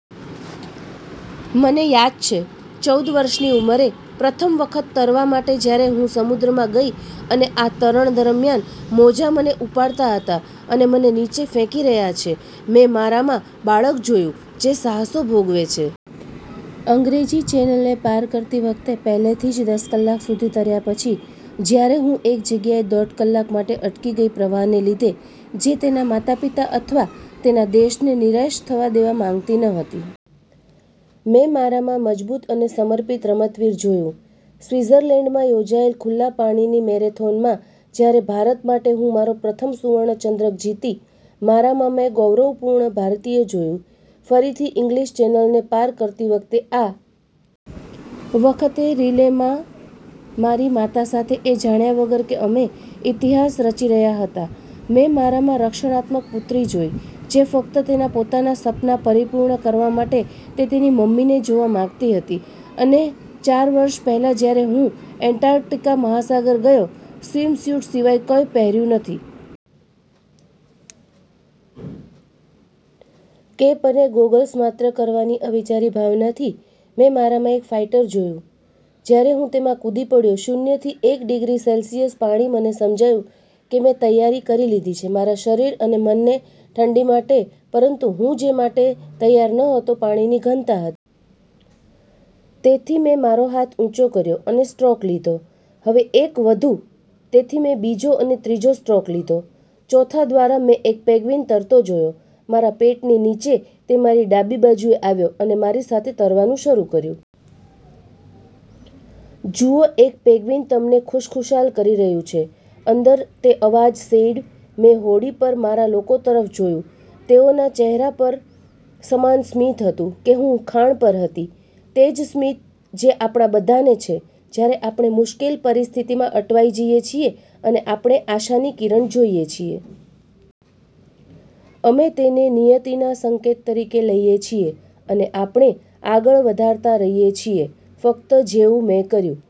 મને યાદ છે, ચૌદ વર્ષની ઉંમરે, પ્રથમ વખત તરવા માટે જ્યારે હું સમુદ્રમાં ગઇ અને આ તરણ દરમ્યાન, મોજા મને ઉપાડતા હતા અને મને નીચે ફેંકી રહ્યા છે, મેં મારામાં બાળક જોયું, જે સાહસો ભોગવે છે. અંગ્રેજી ચેનલને પાર કરતી વખતે, પહેલેથી જ દસ કલાક સુધી તર્યા પછી, જ્યારે હું એક જગ્યાએ દોઢ કલાક માટે અટકી ગઈ પ્રવાહને લીધે, જે તેના માતાપિતા અથવા તેના દેશને નિરાશ થવા દેવા માંગતી ન હતી. મેં મારામાં મજબૂત અને સમર્પિત રમતવીર જોયું. સ્વિટ્ઝરલેન્ડમાં યોજાયેલ ખુલ્લા પાણીની મેરેથોનમાં, જ્યારે ભારત માટે હું મારો પ્રથમ સુવર્ણ ચંદ્રક જીતી મારામાં મેં ગૌરવપૂર્ણ ભારતીય જોયું, ફરીથી ઇંગ્લિશ ચેનલને પાર કરતી વખતે, આ વખતે રિલે માં મારી માતા સાથે, એ જાણ્યા વગર કે અમે ઇતિહાસ રચી રહ્યા હતા, મેં મારામાં રક્ષણાત્મક પુત્રી જોઇ, જે ફક્ત તેના પોતાના સપના પરિપૂર્ણ કરવા માટે તે તેની મમ્મીને જોવા માંગતી હતી અને ચાર વર્ષ પહેલાં, જ્યારે હું એન્ટાર્કટિક મહાસાગરમાં ગયો, સ્વિમસ્યુટ સિવાય કંઇ પહેર્યું નથી. કેપ અને ગોગલ્સ, માત્ર કરવાની અવિચારી ભાવનાથી, મેં મારામાં એક ફાઇટર જોયું. જ્યારે હું તેમાં કૂદી પડ્યો શૂન્યથી એક ડિગ્રી સેલ્સિયસ પાણી, મને સમજાયું કે મેં તૈયારી કરી લીધી છે મારા શરીર અને મનને ઠંડી માટે, પરંતુ હું જે માટે તૈયાર ન હતો પાણીની ઘનતા હતી. " તેથી મેં મારો હાથ ઉંચો કર્યો અને સ્ટ્રોક લીધો. "હવે એક વધુ. " તેથી મેં બીજો અને ત્રીજો સ્ટ્રોક લીધો. ચોથા દ્વારા, મેં એક પેન્ગ્વીન તરતો જોયો મારા પેટની નીચે તે મારી ડાબી બાજુએ આવ્યો અને મારી સાથે તરવાનું શરૂ કર્યું. "જુઓ, એક પેંગ્વિન તમને ખુશખુશાલ કરી રહ્યું છે," અંદર તે અવાજ સેઇડ. મેં હોડી પર મારા લોકો તરફ જોયું. તેઓના ચહેરા પર સમાન સ્મિત હતું કે હું ખાણ પર હતી. તે જ સ્મિત જે આપણા બધાને છે જ્યારે આપણે મુશ્કેલ પરિસ્થિતિમાં અટવાઈ જઈએ છીએ અને આપણે આશાની કિરણ જોયે છે. અમે તેને નિયતિના સંકેત તરીકે લઈએ છીએ, અને આપણે આગળ વધારતા રહીએ છીએ. ફક્ત જેવું મેં કર્યું,